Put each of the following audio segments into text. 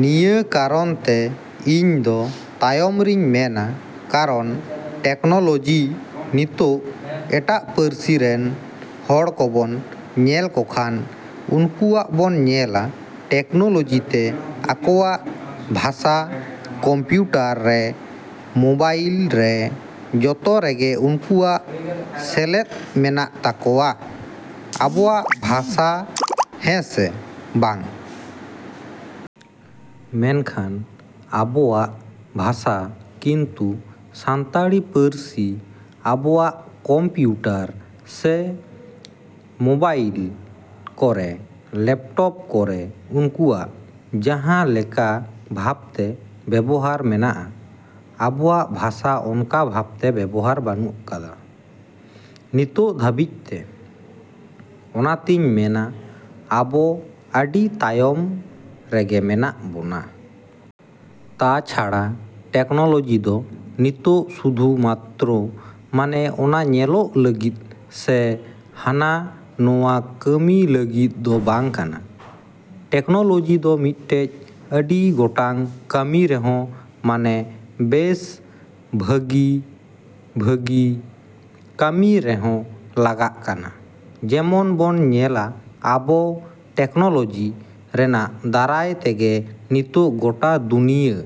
ᱱᱤᱭᱟᱹ ᱠᱟᱨᱚᱱᱛᱮ ᱤᱧᱫᱚ ᱛᱟᱭᱚᱢ ᱨᱤᱧ ᱢᱮᱱᱟ ᱠᱟᱨᱚᱱ ᱴᱮᱠᱱᱳᱞᱚᱡᱤ ᱱᱤᱛᱚᱜ ᱮᱴᱟᱜ ᱯᱟᱹᱨᱥᱤ ᱨᱮᱱ ᱦᱚᱲ ᱠᱚᱵᱚᱱ ᱧᱮᱞ ᱠᱚᱠᱷᱟᱱ ᱩᱱᱠᱩᱣᱟᱜ ᱵᱚᱱ ᱧᱮᱞᱟ ᱴᱮᱠᱱᱳᱞᱚᱡᱤ ᱛᱮ ᱟᱠᱚᱣᱟᱜ ᱵᱷᱟᱥᱟ ᱠᱚᱢᱯᱤᱭᱩᱴᱟᱨ ᱨᱮ, ᱢᱳᱵᱟᱭᱤᱞ ᱨᱮ, ᱡᱚᱛᱚ ᱨᱮᱜᱮ ᱩᱱᱠᱩᱣᱟᱜ ᱥᱮᱞᱮᱫ ᱢᱮᱱᱟᱜ ᱛᱟᱠᱚᱣᱟ, ᱟᱠᱚᱣᱟᱜ ᱵᱷᱟᱥᱟ ᱦᱮᱸᱥᱮ ᱵᱟᱝ? ᱢᱮᱱᱠᱷᱟᱱ ᱟᱵᱚᱣᱟᱜ ᱵᱷᱟᱥᱟ ᱠᱤᱱᱛᱩ ᱥᱟᱱᱛᱟᱲᱤ ᱯᱟᱹᱨᱥᱤ ᱟᱵᱚᱣᱟᱜ ᱠᱚᱢᱯᱤᱭᱩᱴᱟᱨ ᱨᱮ ᱥᱮ ᱢᱳᱵᱟᱭᱤᱞ ᱠᱚᱨᱮ, ᱞᱮᱯᱴᱚᱯ ᱠᱚᱨᱮ ᱩᱱᱠᱩᱣᱟᱜ ᱡᱟᱦᱟᱸ ᱞᱮᱠᱟ ᱵᱷᱟᱵᱽᱛᱮ ᱵᱮᱵᱚᱦᱟᱨ ᱢᱮᱱᱟᱜᱼᱟ, ᱟᱵᱚᱣᱟᱜ ᱵᱷᱟᱥᱟ ᱚᱱᱠᱟ ᱵᱷᱟᱵᱽᱛᱮ ᱵᱮᱵᱚᱦᱟᱨ ᱵᱟ.ᱱᱩᱜ ᱠᱟᱫᱟ ᱱᱤᱛᱚᱜ ᱫᱷᱟᱹᱵᱤᱡᱛᱮ᱾ ᱚᱱᱟᱛᱤᱧ ᱢᱮᱱᱟ ᱟᱵᱚ ᱟᱹᱰᱤ ᱛᱟᱭᱚᱢ ᱨᱮᱜᱮ ᱢᱮᱱᱟᱜ ᱵᱚᱱᱟ᱾ ᱛᱟᱪᱷᱟᱲᱟ ᱴᱮᱠᱱᱚᱞᱚᱡᱤ ᱫᱚ ᱱᱤᱛᱚᱜ ᱥᱩᱫᱷᱩ ᱢᱟᱛᱨᱚ ᱢᱟᱱᱮ ᱚᱱᱟ ᱧᱮᱞᱚᱜ ᱞᱟᱹᱜᱤᱫ ᱥᱮ ᱦᱟᱱᱟ ᱱᱚᱣᱟ ᱠᱟᱹᱢᱤ ᱞᱟᱹᱜᱤᱫ ᱫᱚ ᱵᱟᱝ ᱠᱟᱱᱟ᱾ ᱴᱮᱠᱱᱳᱞᱚᱡᱤ ᱫᱚ ᱢᱤᱫᱴᱮᱡ ᱟᱹᱰᱤ ᱜᱚᱴᱟᱝ ᱠᱟᱹᱢᱤ ᱨᱮᱦᱚᱸ ᱢᱟᱱᱮ ᱵᱮᱥ ᱵᱷᱟᱹᱜᱤᱼᱵᱷᱟᱹᱜᱤ ᱠᱟᱹᱢᱤ ᱨᱮᱦᱚᱸ ᱞᱟᱜᱟᱜ ᱠᱟᱱᱟ᱾ ᱡᱮᱢᱚᱱ ᱵᱚᱱ ᱧᱮᱞᱟ ᱟᱵᱚ ᱴᱮᱠᱱᱳᱞᱚᱡᱤ ᱨᱮᱱᱟᱜ ᱫᱟᱨᱟᱭ ᱛᱮᱜᱮ ᱱᱤᱛᱚᱜ ᱜᱚᱴᱟ ᱫᱩᱱᱤᱭᱟᱹ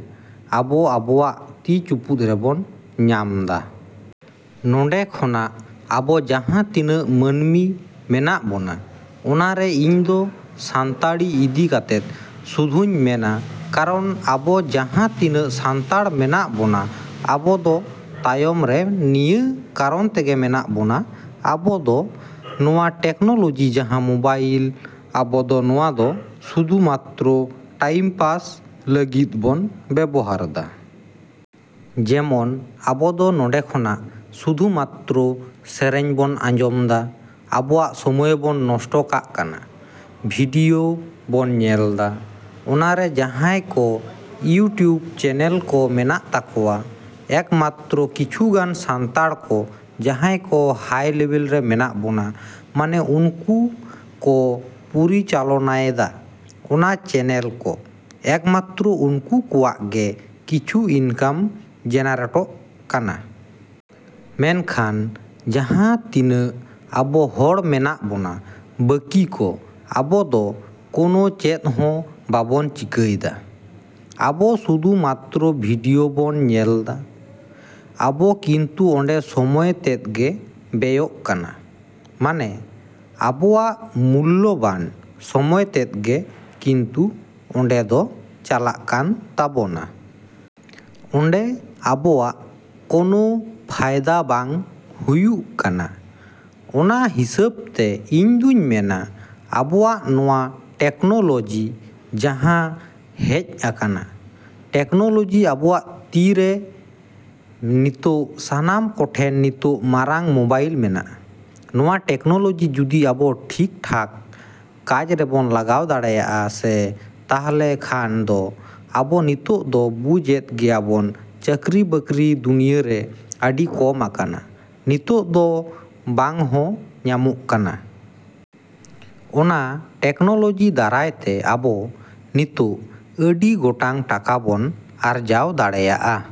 ᱟᱵᱚ ᱟᱵᱚᱣᱟᱜ ᱛᱤ ᱪᱩᱯᱩᱫ ᱨᱮᱵᱚᱱ ᱧᱟᱢᱫᱟ᱾ ᱱᱚᱸᱰᱮ ᱠᱷᱚᱱᱟᱜ ᱟᱵᱚ ᱡᱟᱦᱟᱸ ᱛᱤᱱᱟᱹᱜ ᱢᱟᱹᱱᱢᱤ ᱢᱮᱱᱟᱜ ᱵᱚᱱᱟ, ᱚᱱᱟᱨᱮ ᱤᱧᱫᱚ ᱥᱟᱱᱛᱟᱲᱤ ᱤᱫᱤ ᱠᱟᱛᱮᱫ ᱥᱩᱫᱷᱩᱧ ᱢᱮᱱᱟ ᱠᱟᱨᱚᱱ ᱟᱵᱚ ᱡᱟᱦᱟᱸ ᱛᱤᱱᱟᱹᱜ ᱥᱟᱱᱛᱟᱲ ᱢᱮᱱᱟᱜ ᱵᱚᱱᱟ, ᱟᱵᱚ ᱫᱚ ᱛᱟᱭᱚᱢ ᱨᱮ ᱱᱤᱭᱟᱹ ᱠᱟᱨᱚᱱ ᱛᱮᱜᱮ ᱢᱮᱱᱟᱜ ᱵᱚᱱᱟ ,ᱟᱵᱚᱫᱚ ᱱᱚᱣᱟ ᱴᱮᱠᱱᱳᱞᱚᱡᱤ ᱡᱟᱦᱟᱸ ᱢᱳᱵᱟᱭᱤᱞ, ᱟᱵᱚᱫᱚ ᱱᱚᱣᱟᱫᱚ ᱥᱩᱫᱷᱩ ᱢᱟᱛᱨᱚ ᱴᱟᱭᱤᱢ ᱯᱟᱥ ᱞᱟᱹᱜᱤᱫ ᱵᱚᱱ ᱵᱮᱵᱚᱦᱟᱨᱫᱟ᱾ ᱡᱮᱢᱚᱱ ᱟᱵᱚᱫᱚ ᱱᱚᱸᱰᱮ ᱠᱷᱚᱱᱟᱜ ᱥᱩᱫᱷᱩ ᱢᱟᱛᱨᱚ ᱥᱮᱨᱮᱧ ᱵᱚᱱ ᱟᱸᱡᱚᱢᱫᱟ, ᱟᱵᱚᱣᱟᱜ ᱥᱚᱢᱚᱭ ᱵᱚᱱ ᱱᱚᱥᱴᱚ ᱠᱟᱜ ᱠᱟᱱᱟ, ᱵᱷᱤᱰᱭᱳ ᱵᱚᱱ ᱧᱮᱞᱫᱟ᱾ ᱚᱱᱟᱨᱮ ᱡᱟᱦᱟᱸᱭ ᱠᱚ ᱤᱭᱩᱴᱩᱵᱽ ᱪᱮᱱᱮᱞ ᱠᱚ ᱢᱮᱱᱟᱜ ᱛᱟᱠᱚᱣᱟ, ᱮᱠ ᱢᱟᱛᱨᱚ ᱠᱤᱪᱷᱩ ᱜᱟᱱ ᱥᱟᱱᱛᱟᱲ ᱠᱚ ᱡᱟᱦᱟᱸᱭ ᱠᱚ ᱦᱟᱭ ᱞᱮᱵᱮᱞ ᱨᱮ ᱢᱮᱱᱟᱜ ᱵᱚᱱᱟ, ᱢᱟᱱᱮ ᱩᱱᱠᱩ ᱠᱚ ᱯᱚᱨᱤᱪᱟᱞᱚᱱᱟᱭᱫᱟ ᱚᱱᱟ ᱪᱮᱱᱮᱞ ᱠᱚ, ᱮᱠᱢᱟᱛᱨᱚ ᱩᱱᱠᱩ ᱠᱚᱣᱟᱜ ᱜᱮ ᱠᱤᱪᱷᱩ ᱤᱱᱠᱟᱢ ᱡᱮᱱᱟᱨᱮᱴᱚᱜ ᱠᱟᱱᱟ᱾ ᱢᱮᱱᱠᱷᱟᱱ ᱡᱟᱦᱟᱸ ᱛᱤᱱᱟᱹᱜ ᱟᱵᱚ ᱦᱚᱲ ᱢᱮᱱᱟᱜ ᱵᱚᱱᱟ ᱵᱟᱹᱠᱤ ᱠᱚ, ᱟᱵᱚᱫᱚ ᱠᱳᱱᱳ ᱪᱮᱫᱦᱚᱸ ᱵᱟᱵᱚᱱ ᱪᱤᱠᱟᱹᱭᱫᱟ᱾ ᱟᱵᱚ ᱥᱩᱫᱷᱩ ᱢᱟᱛᱨᱚ ᱵᱷᱤᱰᱭᱳ ᱵᱚᱱ ᱧᱮᱞᱫᱟ᱾ ᱟᱵᱚ ᱠᱤᱱᱛᱩ ᱚᱸᱰᱮ ᱥᱚᱢᱚᱭ ᱛᱮᱫᱜᱮ ᱵᱮᱭᱚᱜ ᱠᱟᱱᱟ, ᱢᱟᱱᱮ ᱟᱵᱚᱣᱟᱜ ᱢᱩᱞᱞᱚᱵᱟᱱ ᱥᱚᱢᱚᱭ ᱛᱮᱫᱜᱮ ᱠᱤᱱᱛᱩ ᱚᱸᱰᱮ ᱫᱚ ᱪᱟᱞᱟᱜ ᱠᱟᱱ ᱛᱟᱵᱚᱱᱟ᱾ ᱚᱸᱰᱮ ᱟᱵᱚᱣᱟᱜ ᱠᱳᱱᱳ ᱯᱷᱟᱭᱫᱟ ᱵᱟᱝ ᱦᱩᱭᱩᱜ ᱠᱟᱱᱟ᱾ ᱚᱱᱟ ᱦᱤᱥᱟᱹᱵᱛᱮ ᱤᱧᱫᱩᱧ ᱢᱮᱱᱟ ᱟᱵᱚᱣᱟᱜ ᱱᱚᱣᱟ ᱴᱮᱠᱱᱳᱞᱚᱡᱤ ᱡᱟᱦᱟᱸ ᱦᱮᱡ ᱟᱠᱟᱱᱟ, ᱴᱮᱠᱱᱳᱞᱚᱡᱤ ᱟᱵᱚᱣᱟᱜ ᱛᱤ ᱨᱮ ᱱᱤᱛᱚᱜ ᱥᱟᱱᱟᱢ ᱠᱚᱴᱷᱮᱱ ᱱᱤᱛᱚᱜ ᱢᱟᱨᱟᱝ ᱢᱳᱵᱟᱭᱤᱞ ᱢᱮᱱᱟᱜᱼᱟ᱾ ᱱᱚᱣᱟ ᱴᱮᱠᱱᱳᱞᱚᱡᱤ ᱡᱩᱫᱤ ᱟᱵᱚ ᱴᱷᱤᱠ ᱴᱷᱟᱠ ᱠᱟᱡᱽ ᱨᱮᱵᱚᱱ ᱞᱟᱜᱟᱣ ᱫᱟᱲᱮᱭᱟᱜᱼᱟ ᱥᱮ, ᱛᱟᱦᱞᱮ ᱠᱷᱟᱱ ᱫᱚ ᱟᱵᱚ ᱱᱤᱛᱚᱜ ᱫᱚ ᱵᱩᱡᱽ ᱮᱫ ᱜᱮᱭᱟᱵᱚᱱ ᱪᱟᱹᱠᱨᱤ ᱵᱟᱹᱠᱨᱤ ᱫᱩᱱᱭᱟᱹᱨᱮ ᱟᱹᱰᱤ ᱠᱚᱢ ᱟᱠᱟᱱᱟ, ᱱᱤᱛᱚᱜ ᱫᱚ ᱵᱟᱝᱦᱚᱸ ᱧᱟᱢᱚᱜ ᱠᱟᱱᱟ᱾ ᱚᱱᱟ ᱴᱮᱠᱱᱳᱞᱚᱡᱤ ᱫᱟᱨᱟᱭᱛᱮ ᱟᱵᱚ ᱱᱤᱛᱚᱜ ᱟᱹᱰᱤ ᱜᱚᱴᱟᱝ ᱴᱟᱠᱟ ᱵᱚᱱ ᱟᱨᱡᱟᱣ ᱫᱟᱲᱮᱭᱟᱜ ᱼ ᱟ᱾